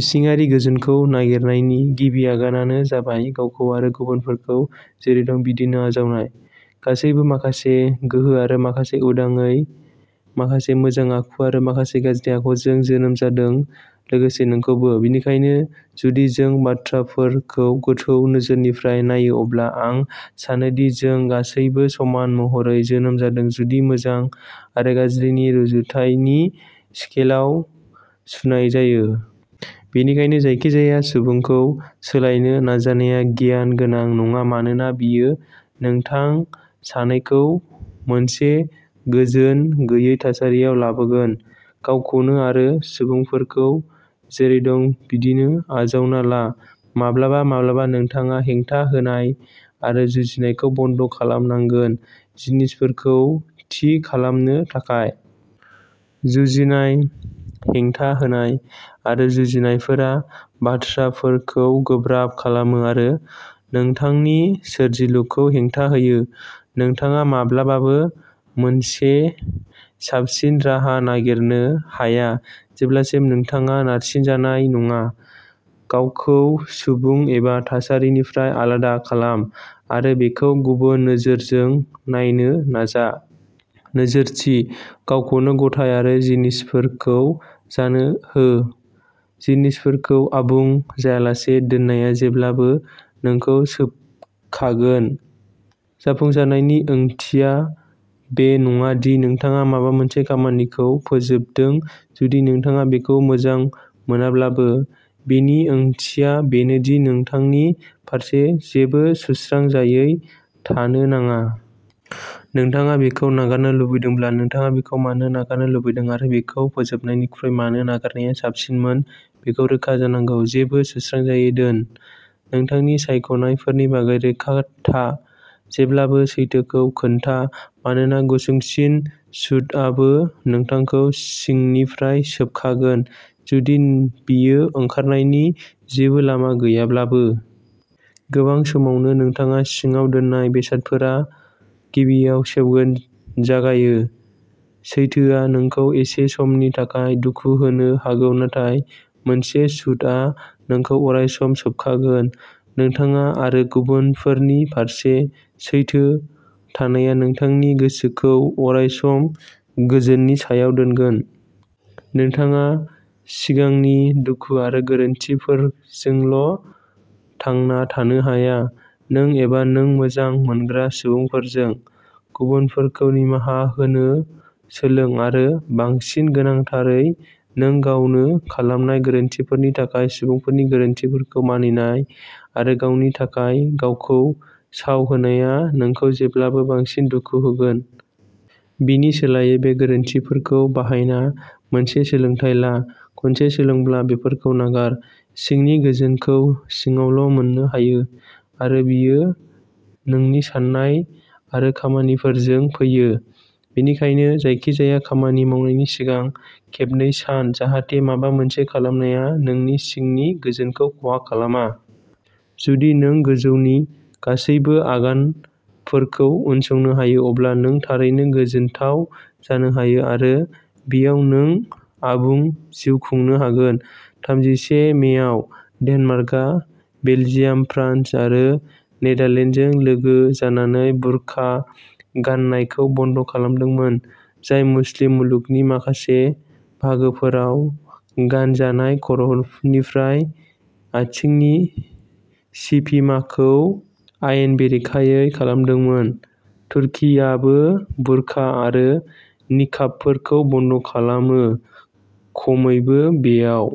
इसिङारि गोजोनखौ नागिरनायनि गिबि आगानानो जाबाय गावखौ आरो गुबुनफोरखौ जेरै दं बिदिनो आजावनाय। गासैबो माखासे गोहो आरो माखासे उदायै माखासे मोजां आखु आरो माखासे गाज्रि आखुजों जोनोम जादों लोगोसे नोंखौबो। बेनिखायनो जुदि जों बाथ्राफोरखौ गोथौ नोजोरनिफ्राय नायो अब्ला आं सानो दि जों गासैबो समान महरै जोनोम जादों जुदि मोजां आरो गाज्रिनि रुजुथायनि स्केलआव सुनाय जायो। बेनिखायनो जायखिजाया सुबुंखौ सोलायनो नाजानाया गियान गोनां नङा मानोना बेयो नोंथां सानैखौ मोनसे गोजोन गैयै थासारियाव लाबोगोन। गावखौनो आरो सुबुंफोरखौ जेरै दं बिदिनो आजावना ला। माब्लाबा माब्लाबा नोंथाङा हेंथा होनाय आरो जुजिनायखौ बन्द' खालामनांगोन जिनिसफोरखौ थि खालामनो थाखाय। जुजिनाय हेंथा होनाय आरो जुजिनायफोरा बाथ्राफोरखौ गोब्राब खालामो आरो नोंथांनि सोरजिलुखौ हेंथा होयो। नोंथाङा माब्लाबाबो मोनसे साबसिन राहा नागिरनो हाया जेब्लासिम नोंथाङा नारसिनजानाय नङा। गावखौ सुबुं एबा थासारिनिफ्राय आलादा खालाम आरो बेखौ गुबुन नोजोरजों नायनो नाजा। नोजोरथि। गावखौनो गथाय आरो जिनिसफोरखौ जानो हो। जिनिसफोरखौ आबुं जायालासे दोननाया जेब्लाबो नोंखौ सोबखागोन। जाफुंसारनायनि ओंथिया बे नङा दि नोंथाङा माबा मोनसे खामानिखौ फोजोबदों जुदि नोंथाङा बेखौ मोजां मोनाब्लाबो। बेनि ओंथिया बेनो दि नोंथांनि फारसे जेबो सुस्रांजायै थानो नाङा। नोंथाङा बेखौ नागारनो लुबैदोंब्ला नोंथाङा बेखौ मानो नागारनो लुबैदों आरो बेखौ फोजोबनायनिख्रुइ मानो नागारनाया साबसिनमोन बेखौ रोखा जानांगौ। जेबो सुस्रांजायै दोन। नोंथांनि सायख'नायफोरनि बागै रोखा था। जेब्लाबो सैथोखौ खोन्था मानोना गुसुंसिन शूठआबो नोंथांखौ सिंनिफ्राय सोबखागोन जुदि बेयो ओंखारनायनि जेबो लामा गैयाब्लाबो। गोबां समावनो नोंथाङा सिङाव दोननाय बेसादफोरा गिबियाव सेवगोन जागायो। सैथोआ नोंखौ एसे समनि थाखाय दुखु होनो हागौ नाथाय मोनसे झूठआ नोंखौ अरायसम सोबखागोन। नोंथां आरो गुबुनफोरनि फारसे सैथो थानाया नोंथांनि गोसोखौ अरायसम गोजोननि सायाव दोनगोन। नोंथाङा सिगांनि दुखु आरो गोरोन्थिफोरजोंल' थांना थानो हाया। नों एबा नों मोजां मोनग्रा सुबुंफोरजों। गुबुनफोरखौ निमाहा होनो सोलों आरो बांसिन गोनांथारै नों गावनो खालामनाय गोरोन्थिफोरनि थाखाय सुबुंफोरनि गोरोन्थिफोरखौ मानिनाय आरो गावनि थाखाय गावखौ साव होनाया नोंखौ जेब्लाबो बांसिन दुखु होगोन। बेनि सोलायै बे गोरोन्थिफोरखौ बाहायना मोनसे सोलोंथाइ ला। खनसे सोलोंब्ला बेफोरखौ नागार। सिंनि गोजोनखौ सिङावल' मोन्नो हायो आरो बेयो नोंनि साननाय आरो खामानिफोरजों फैयो। बेनिखायनो जायखिजाया खामानि मावनायनि सिगां खेबनै सान जाहाथे माबा मोनसे खालामनाया नोंनि सिंनि गोजोनखौ खहा खालामा। जुदि नों गोजौनि गासैबो आगानफोरखौ उनसंनो हायो अब्ला नों थारैनो गोजोनथाव जानो हायो आरो बैयावनो नों आबुं जिउ खुंनो हागोन। थामजिसे मेआव डेनमार्कआ बेलजियाम, फ्रान्स आरो नेदारलेन्डजों लोगो जानानै बुरखा गाननायखौ बन्द खालामदोंमोन जाय मुस्लिम मुलुगनि माखासे बाहागोफोराव गानजानाय खर'निफ्राय आथिंनि सिफिमाखौ आयेन बेरेखायै खालामदोंमोन। तुर्कीआबो बुरखा आरो निकाबफोरखौ बन्द'खालामो खमैबो बेयाव।